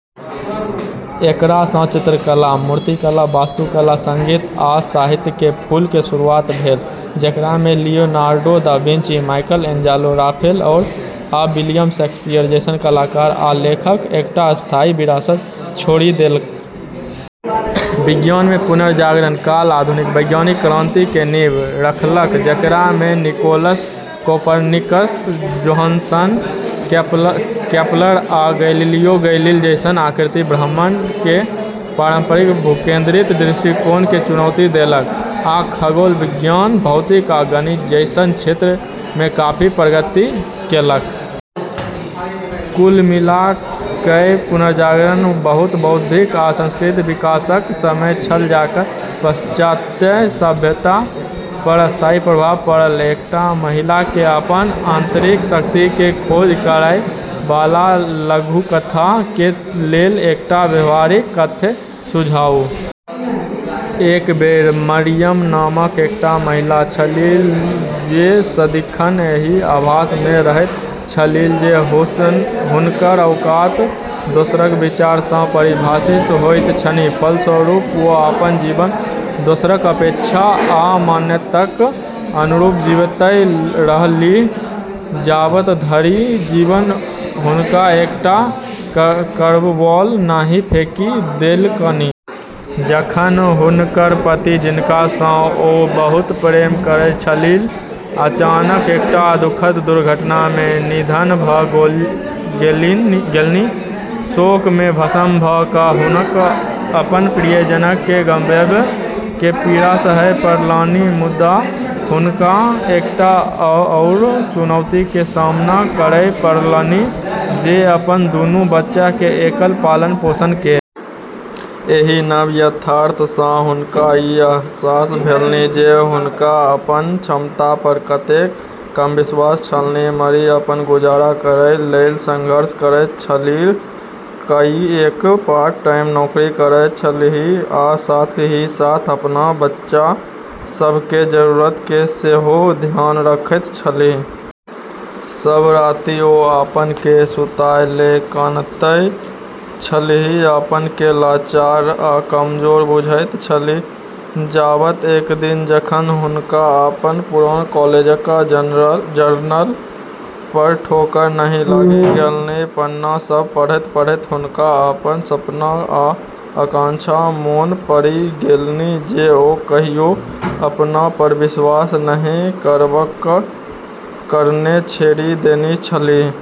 एकरा सँ चित्रकला, मूर्तिकला, वास्तुकला, संगीत, आ साहित्य के फूल के शुरुआत भेल, जेकरा मे Leonardo da Vinci, Michelangelo, Raphael, आ विलियम शेक्सपियर जैसन कलाकार आ लेखक एकटा स्थायी विरासत छोड़ि देलक। विज्ञान मे पुनर्जागरण काल आधुनिक वैज्ञानिक क्रांति के नींव रखलक, जेकरा मे निकोलस कोपर्निकस, जोहानस केपलर, आ गैलिलियो गैलिली जैसन आकृति ब्रह्मांड के पारंपरिक भूकेंद्रित दृष्टिकोण के चुनौती देलक आ खगोल विज्ञान, भौतिकी, आ गणित जैसन क्षेत्र मे काफी प्रगति केलक। कुल मिला कए पुनर्जागरण बहुत बौद्धिक आ सांस्कृतिक विकासक समय छल, जकर पाश्चात्य सभ्यता पर स्थायी प्रभाव पड़ल। एकटा महिला के अपन आंतरिक-शक्ति के खोज करय वाला लघुकथा के लेल एकटा व्यावहारिक कथ्य सुझाउ। एक बेर मरियम नामक एकटा महिला छलीह जे सदिखन एहि आभास मे रहैत छलीह जे हुनकर औकात दोसरक विचार सँ परिभाषित होइत छनि। फलस्वरूप, ओ अपन जीवन दोसरक अपेक्षा आ मान्यताक अनुरूप जीबैत रहलीह, जाबत धरि जीवन हुनका एकटा कर्वबॉल नहि फेकि देलकनि। जखन हुनकर पति, जिनका सँ ओ बहुत प्रेम करैत छलीह, अचानक एकटा दुखद दुर्घटना मे निधन भ' गेलनि। शोक मे भस्म भ' क' हुनका अपन प्रियजन केँ गंवाबय के पीड़ा सहय पड़लनि, मुदा हुनका एकटा आओर चुनौती के सामना करय पड़लनि, जे अपन दुनू बच्चा के एकल पालन-पोषण के। एहि नव यथार्थ सँ हुनका ई अहसास भेलनि जे हुनका अपन क्षमता पर कतेक कम विश्वास छलनि। मैरी अपन गुजारा करै लेल संघर्ष करैत छलीह, कईएक पार्ट टाइम नौकरी करैत छलीह आ साथ ही साथ अपन बच्चा सभ के जरूरत के सेहो ध्यान रखैत छलीह। सब राति ओ आपन केँ सुतय लेल कानैत छलीह, आपन केँ लाचार आ कमजोर बुझैत छलीह, जाबत एक दिन, जखन हुनका अपन पुरान कॉलेजक जर्नल पर ठोकर नहि लागि गेलनि। पन्ना सभ पढ़ैत-पढ़ैत हुनका अपन सपना आ आकांक्षा मोन पड़ि गेलनि जे ओ कहियो अपना पर विश्वास नहि करबाक कारणेँ छोड़ि देने छलीह।